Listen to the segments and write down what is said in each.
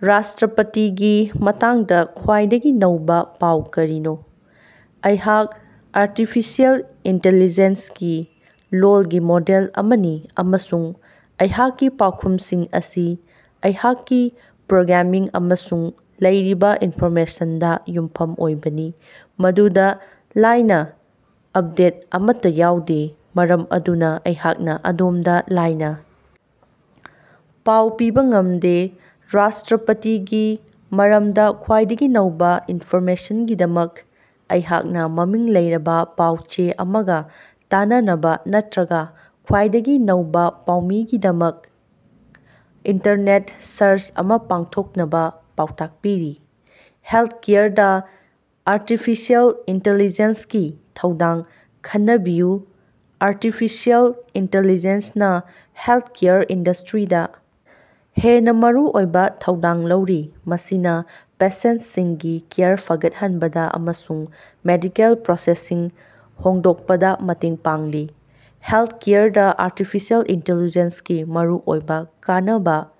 ꯔꯥꯁꯇ꯭ꯔꯄꯇꯤꯒꯤ ꯃꯇꯥꯡꯗꯥ ꯈ꯭ꯋꯥꯏꯗꯒꯤ ꯅꯧꯕꯥ ꯄꯥꯎ ꯀꯔꯤꯅꯣ? ꯑꯩꯍꯥꯛ ꯑꯔꯇꯤꯐꯤꯁꯦꯜ ꯏꯟꯇꯤꯂꯤꯖꯦꯟꯁꯒꯤ ꯂꯣꯜꯒꯤ ꯃꯣꯗꯦꯜ ꯑꯃꯅꯤ ꯑꯃꯁꯨꯡ ꯑꯩꯍꯥꯛꯀꯤ ꯄꯥꯎꯈꯨꯝꯁꯤꯡ ꯑꯁꯤ ꯑꯩꯍꯥꯛꯀꯤ ꯄ꯭ꯔꯣꯒ꯭ꯔꯥꯃꯤꯡ ꯑꯃꯁꯨꯡ ꯂꯩꯔꯤꯕꯥ ꯏꯟꯐꯣꯔꯃꯦꯁꯟꯗꯥ ꯌꯨꯝꯐꯝ ꯑꯣꯏꯕꯅꯤ ꯃꯗꯨꯗꯥ ꯂꯥꯏꯕ ꯑꯞꯗꯦꯠ ꯑꯃꯠꯇꯥ ꯌꯥꯎꯗꯦ꯫ ꯃꯔꯝ ꯑꯗꯨꯅꯥ ꯑꯩꯍꯥꯛꯅꯥ ꯑꯗꯣꯝꯗꯥ ꯂꯥꯏꯅ ꯄꯥꯎ ꯄꯤꯕꯥ ꯉꯝꯗꯦ, ꯔꯥꯁꯇ꯭ꯔꯄꯇꯤꯒꯤ ꯃꯔꯝꯗꯥ ꯈ꯭ꯋꯥꯏꯗꯒꯤ ꯅꯧꯕꯥ ꯏꯟꯐꯣꯔꯃꯦꯁꯟꯒꯤꯗꯃꯛ ꯑꯩꯍꯥꯛꯅꯥ ꯃꯃꯤꯡ ꯂꯩꯔꯕꯥ ꯄꯥꯎ-ꯆꯦ ꯑꯃꯒꯥ ꯇꯥꯟꯅꯅꯕꯥ ꯅꯠꯇ꯭ꯔꯒꯥ ꯈ꯭ꯋꯥꯏꯗꯒꯤ ꯅꯧꯕꯥ ꯄꯥꯎꯒꯤꯗꯃꯛ ꯏꯟꯇꯔꯅꯦꯠ ꯁꯥꯔꯆ ꯑꯃꯥ ꯄꯥꯡꯊꯣꯛꯅꯕꯥ ꯄꯥꯎꯇꯥꯛ ꯄꯤꯔꯤ꯫ ꯍꯦꯜꯊꯀꯦꯌꯔꯗꯥ ꯑꯥꯔꯇꯤꯐꯤꯁꯤꯑꯦꯜ ꯏꯟꯇꯦꯂꯤꯖꯦꯟꯁꯀꯤ ꯊꯧꯗꯥꯡ ꯈꯟꯅꯕꯤꯌꯨ꯫ ꯑꯥꯔꯇꯤꯐꯤꯁꯤꯑꯦꯜ ꯏꯟꯇꯤꯂꯤꯖꯦꯟꯁꯅꯥ ꯍꯦꯜꯊꯀꯦꯌꯔ ꯏꯟꯗꯁꯇ꯭ꯔꯤꯗꯥ ꯍꯦꯟꯅꯥ ꯃꯔꯨꯑꯣꯏꯕꯥ ꯊꯧꯗꯥꯡ ꯂꯧꯔꯤ, ꯃꯁꯤꯅꯥ ꯄꯦꯁꯦꯟꯇꯁꯤꯡꯒꯤ ꯀꯦꯌꯔ ꯐꯒꯠꯍꯟꯕꯗꯥ ꯑꯃꯁꯨꯡ ꯃꯦꯗꯤꯀꯦꯜ ꯄ꯭ꯔꯣꯁꯦꯁꯁꯤꯡ ꯍꯣꯡꯗꯣꯛꯄꯗꯥ ꯃꯇꯦꯡ ꯄꯥꯡꯂꯤ꯫ ꯍꯦꯜꯊꯀꯦꯌꯔꯗꯥ ꯑꯥꯔꯇꯤꯐꯤꯁꯤꯑꯦꯜ ꯏꯟꯇꯤꯂꯤꯖꯦꯟꯁꯒꯤ ꯃꯔꯨꯑꯣꯏꯕꯥ ꯀꯥꯟꯅꯕꯥ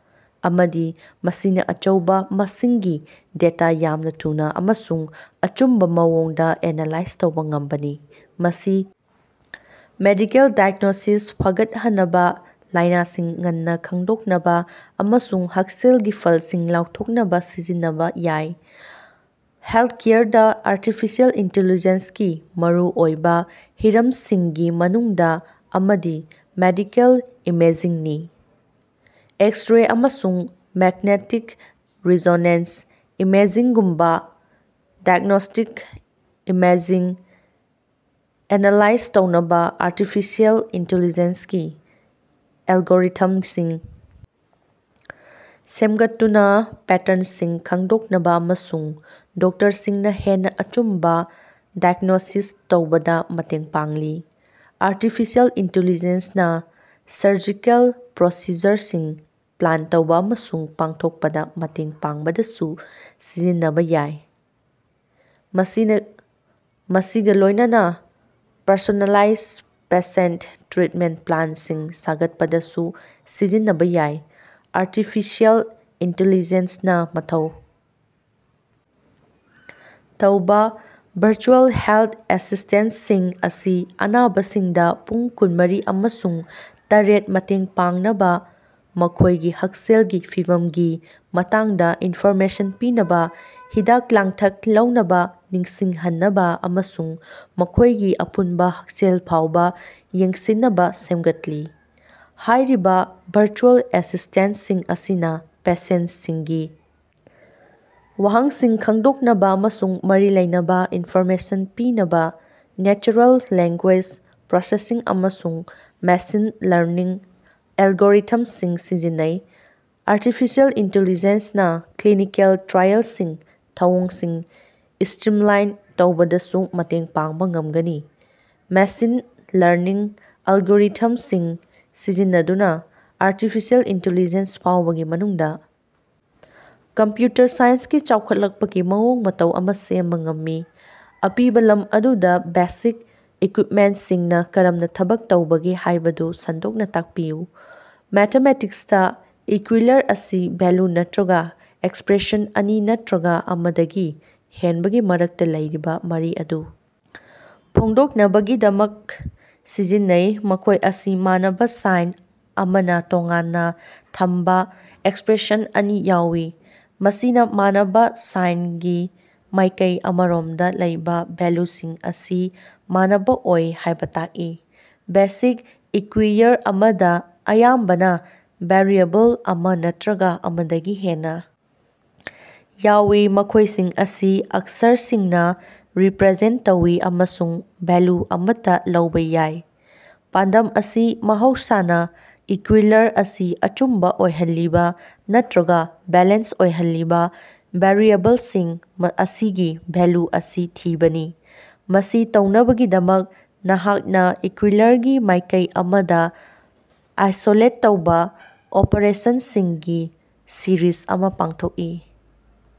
ꯑꯃꯗꯤ ꯃꯁꯤꯅꯥ ꯑꯆꯧꯕꯥ ꯃꯁꯤꯡꯒꯤ ꯗꯦꯇꯥ ꯌꯥꯝꯅꯥ ꯊꯨꯅꯥ ꯑꯃꯁꯨꯡ ꯑꯆꯨꯝꯕꯥ ꯃꯑꯣꯡꯗꯥ ꯑꯦꯅꯥꯂꯥꯏꯖ ꯇꯧꯕꯥ ꯉꯝꯕꯅꯤ꯫ ꯃꯁꯤ ꯃꯦꯗꯤꯀꯦꯜ ꯗꯥꯏꯒ꯭ꯅꯣꯁꯤꯁ ꯐꯒꯠꯍꯟꯅꯕꯥ, ꯂꯥꯏꯅꯥꯁꯤꯡ ꯉꯟꯅꯥ ꯈꯪꯗꯣꯛꯅꯕꯥ ꯑꯃꯁꯨꯡ ꯍꯛꯁꯦꯜꯒꯤ ꯐꯜꯁꯤꯡ ꯂꯥꯎꯊꯣꯛꯅꯕꯥ ꯁꯤꯖꯤꯟꯅꯕꯥ ꯌꯥꯏ꯫ ꯍꯦꯜꯊꯀꯦꯌꯔꯗꯥ ꯑꯥꯔꯇꯤꯐꯤꯁꯤꯑꯦꯜ ꯏꯟꯇꯤꯂꯤꯖꯦꯟꯁꯒꯤ ꯃꯔꯨꯑꯣꯏꯕꯥ ꯍꯤꯔꯝꯁꯤꯡꯒꯤ ꯃꯅꯨꯡꯗꯥ ꯑꯃꯗꯤ ꯃꯦꯗꯤꯀꯦꯜ ꯏꯃꯦꯖꯤꯡꯅꯤ꯫ ꯑꯦꯛꯁ-ꯔꯦ ꯑꯃꯁꯨꯡ ꯃꯦꯛꯅꯦꯠꯇꯤꯛ ꯔꯤꯖꯣꯅꯦꯟꯁ ꯏꯃꯦꯖꯤꯡꯒꯨꯝꯕꯥ ꯗꯥꯏꯒ꯭ꯅꯣꯁꯇꯤꯛ ꯏꯃꯦꯖꯁꯤꯡ ꯑꯦꯅꯥꯂꯥꯏꯖ ꯇꯧꯅꯕꯥ ꯑꯥꯔꯇꯤꯐꯤꯁꯤꯑꯦꯜ ꯏꯟꯇꯤꯂꯤꯖꯦꯟꯁꯒꯤ ꯑꯦꯜꯒꯣꯔꯤꯊꯝꯁꯤꯡ ꯁꯦꯝꯒꯠꯇꯨꯅꯥ ꯄꯦꯇ꯭ꯔꯟꯁꯤꯡ ꯈꯪꯗꯣꯛꯅꯕꯥ ꯑꯃꯁꯨꯡ ꯗꯣꯛꯇꯔꯁꯤꯡꯅꯥ ꯍꯦꯟꯅꯥ ꯑꯆꯨꯝꯕꯥ ꯗꯥꯏꯒ꯭ꯅꯣꯁꯤꯁ ꯇꯧꯕꯗꯥ ꯃꯇꯦꯡ ꯄꯥꯡꯂꯤ꯫ꯑꯥꯔꯇꯤꯐꯤꯁꯤꯑꯦꯜ ꯏꯟꯇꯤꯂꯤꯖꯦꯟꯁꯅꯥ ꯁꯔꯖꯤꯀꯦꯜ ꯄ꯭ꯔꯣꯁꯤꯖꯔꯁꯤꯡ ꯄ꯭ꯂꯥꯟ ꯇꯧꯕꯥ ꯑꯃꯁꯨꯡ ꯄꯥꯡꯊꯣꯛꯄꯗꯥ ꯃꯇꯦꯡ ꯄꯥꯡꯕꯗꯁꯨ ꯁꯤꯖꯤꯟꯅꯕꯥ ꯌꯥꯏ, ꯃꯁꯤꯅꯥ ꯃꯁꯤꯒꯥ ꯂꯣꯏꯅꯅꯥ ꯄꯔꯁꯣꯅꯦꯂꯥꯏꯖ ꯄꯦꯁꯦꯟꯇ ꯇ꯭ꯔꯤꯠꯃꯦꯟꯇ ꯄ꯭ꯂꯥꯟꯁꯤꯡ ꯁꯦꯝꯒꯠꯄꯗꯁꯨ ꯁꯤꯖꯤꯟꯅꯕꯥ ꯌꯥꯏ꯫ꯑꯥꯔꯇꯤꯐꯤꯁꯤꯑꯦꯜ ꯏꯟꯇꯤꯂꯤꯖꯦꯟꯁꯅꯥ ꯃꯊꯧ ꯇꯧꯕꯥ ꯚꯔꯆꯨꯑꯦꯜ ꯍꯦꯜꯊ ꯑꯦꯁꯤꯁꯇꯦꯟꯇꯁꯤꯡ ꯑꯁꯤ ꯑꯅꯥꯕꯁꯤꯡꯗꯥ ꯄꯨꯡ ꯀꯨꯟꯃꯔꯤ ꯑꯃꯁꯨꯡ ꯇꯔꯦꯠ ꯃꯇꯦꯡ ꯄꯥꯡꯅꯕꯥ, ꯃꯈꯣꯏꯒꯤ ꯍꯛꯁꯦꯜꯒꯤ ꯐꯤꯚꯝꯒꯤ ꯃꯇꯥꯡꯗꯥ ꯏꯟꯐꯣꯔꯃꯦꯁꯟ ꯄꯤꯅꯕꯥ, ꯍꯤꯗꯥꯛ-ꯂꯥꯡꯊꯛ ꯂꯧꯅꯕꯥ ꯅꯤꯡꯁꯤꯡꯍꯟꯅꯕꯥ, ꯑꯃꯁꯨꯡ ꯃꯈꯣꯏꯒꯤ ꯑꯄꯨꯟꯕꯥ ꯍꯛꯁꯦꯜ ꯐꯥꯎꯕꯥ ꯌꯦꯡꯁꯤꯟꯅꯕꯥ ꯁꯦꯃꯒꯠꯂꯤ꯫ ꯍꯥꯏꯔꯤꯕꯥ ꯚꯔꯆꯨꯑꯦꯜ ꯑꯦꯁꯤꯁꯇꯦꯟꯇꯁꯤꯡ ꯑꯁꯤꯅꯥ ꯄꯦꯁꯦꯟꯇꯁꯤꯡꯒꯤ ꯋꯥꯍꯪꯁꯤꯡ ꯈꯪꯗꯣꯛꯅꯕꯥ ꯑꯃꯁꯨꯡ ꯃꯔꯤ ꯂꯩꯅꯕꯥ ꯏꯟꯐꯣꯔꯃꯦꯁꯟ ꯄꯤꯅꯕꯥ ꯅꯦꯆꯔꯦꯜ ꯂꯦꯡꯒꯣꯏꯖ ꯄ꯭ꯔꯣꯁꯦꯁꯤꯡ ꯑꯃꯁꯨꯡ ꯃꯦꯁꯤꯟ ꯂꯔꯅꯤꯡ ꯑꯦꯜꯒꯣꯔꯤꯊꯝꯁꯤꯡ ꯁꯤꯖꯤꯟꯅꯩ꯫ ꯑꯥꯔꯇꯤꯐꯤꯁꯤꯑꯦꯜ ꯏꯟꯇꯤꯂꯤꯖꯦꯟꯁꯅꯥ ꯀ꯭ꯂꯤꯅꯤꯀꯦꯜ ꯇ꯭ꯔꯥꯏꯑꯦꯜꯒꯤ ꯊꯧꯑꯣꯡꯁꯤꯡ ꯏꯁꯇ꯭ꯔꯤꯝꯂꯥꯏꯟ ꯇꯧꯕꯗꯁꯨ ꯃꯇꯦꯡ ꯄꯥꯡꯕꯥ ꯉꯝꯒꯅꯤ꯫ ꯃꯦꯁꯤꯟ ꯂꯔꯅꯤꯡ ꯑꯦꯜꯒꯣꯔꯤꯊꯝꯁꯤꯡ ꯁꯤꯖꯤꯟꯅꯗꯨꯅꯥ ꯑꯥꯔꯇꯤꯐꯤꯁꯤꯑꯦꯜ ꯏꯟꯇꯤꯂꯤꯖꯦꯟꯁ ꯐꯥꯎꯕꯒꯤ ꯃꯅꯨꯡꯗꯥ ꯀꯝꯄ꯭ꯌꯨꯇꯔ ꯁꯥꯏꯟꯁꯀꯤ ꯆꯥꯎꯈꯠꯂꯛꯄꯒꯤ ꯃꯑꯣꯡ ꯃꯇꯧ ꯑꯃꯥ ꯁꯦꯝꯕ ꯉꯝꯃꯤ꯫ ꯑꯄꯤꯕꯥ ꯂꯝ ꯑꯗꯨꯗꯥ ꯕꯦꯁꯤꯛ ꯏꯀ꯭ꯌꯨꯏꯞꯃꯦꯟꯇꯁꯤꯡꯅꯥ ꯀꯔꯝꯅꯥ ꯊꯕꯛ ꯇꯧꯕꯒꯦ ꯍꯥꯏꯕꯗꯨ ꯁꯟꯗꯣꯛꯅꯥ ꯇꯥꯛꯄꯤꯌꯨ꯫ ꯃꯦꯊꯃꯦꯇꯤꯛꯁꯇꯥ ꯏꯀ꯭ꯌꯨꯏꯂꯔ ꯑꯁꯤ ꯚꯦꯜꯂꯨ ꯅꯠꯇ꯭ꯔꯒꯥ ꯑꯦꯛꯁꯄ꯭ꯔꯦꯁꯟ ꯑꯅꯤ ꯅꯠꯇ꯭ꯔꯒꯥ ꯑꯃꯗꯒꯤ ꯍꯦꯟꯕꯒꯤ ꯃꯔꯛꯇꯥ ꯂꯩꯔꯤꯕꯥ ꯃꯔꯤ ꯑꯗꯨ ꯐꯣꯡꯗꯣꯛꯅꯕꯒꯤꯗꯃꯛ ꯁꯤꯖꯤꯟꯅꯩ꯫ ꯃꯈꯣꯏ ꯑꯁꯤ ꯃꯥꯟꯅꯕꯥ ꯁꯥꯏꯟ ꯑꯃꯅꯥ ꯇꯣꯉꯥꯟꯅꯥ ꯊꯝꯕꯥ ꯑꯦꯛꯁꯄ꯭ꯔꯦꯁꯟ ꯑꯅꯤ ꯌꯥꯎꯏ, ꯃꯁꯤꯅꯥ ꯃꯥꯟꯅꯕꯥ ꯁꯥꯏꯟꯒꯤ ꯃꯥꯏꯀꯩ ꯑꯃꯔꯣꯝꯗꯥ ꯂꯩꯕꯥ ꯚꯦꯜꯂꯨꯁꯤꯡ ꯑꯁꯤ ꯃꯥꯟꯅꯕꯥ ꯑꯣꯏ ꯍꯥꯏꯕꯥ ꯇꯥꯛꯏ꯫ ꯕꯦꯁꯤꯛ ꯏꯀ꯭ꯌꯨꯏꯌꯔ ꯑꯃꯗꯥ ꯑꯌꯥꯝꯕꯅꯥ ꯚꯦꯔꯤꯑꯦꯕꯜ ꯑꯃꯥ ꯅꯠꯇ꯭ꯔꯒꯥ ꯑꯃꯗꯒꯤ ꯍꯦꯟꯅꯥ ꯌꯥꯎꯏ, ꯃꯈꯣꯏꯁꯤꯡ ꯑꯁꯤ ꯑꯛꯁꯔꯁꯤꯡꯅꯥ ꯔꯤꯄ꯭ꯔꯖꯦꯟꯇ ꯇꯧꯏ ꯑꯃꯁꯨꯡ ꯚꯦꯜꯂꯨ ꯑꯃꯠꯇꯥ ꯂꯧꯕꯥ ꯌꯥꯏ꯫ ꯄꯥꯟꯗꯝ ꯑꯁꯤ ꯃꯍꯧꯁꯥꯅꯥ ꯏꯀ꯭ꯌꯨꯏꯂꯔ ꯑꯁꯤ ꯑꯆꯨꯝꯕꯥ ꯑꯣꯏꯍꯜꯂꯤꯕꯥ, ꯅꯠꯇ꯭ꯔꯒꯥ ꯕꯦꯂꯦꯟꯁ ꯑꯣꯏꯍꯜꯂꯤꯕꯥ ꯚꯦꯔꯤꯑꯦꯕꯜꯁꯤꯡ ꯑꯁꯤꯒꯤ ꯚꯦꯜꯂꯨ ꯑꯁꯤ ꯊꯤꯕꯅꯤ꯫ ꯃꯁꯤ ꯇꯧꯅꯕꯒꯤꯗꯃꯛ, ꯅꯍꯥꯛꯅꯥ ꯏꯀ꯭ꯌꯨꯏꯂꯔꯒꯤ ꯃꯥꯏꯀꯩ ꯑꯃꯗꯥ ꯑꯥꯏꯁꯣꯂꯦꯠ ꯇꯧꯕꯥ ꯑꯣꯄꯥꯔꯦꯁꯟꯁꯤꯡꯒꯤ ꯁꯤꯔꯤꯖ ꯑꯃꯥ ꯄꯥꯡꯊꯣꯛꯏ꯫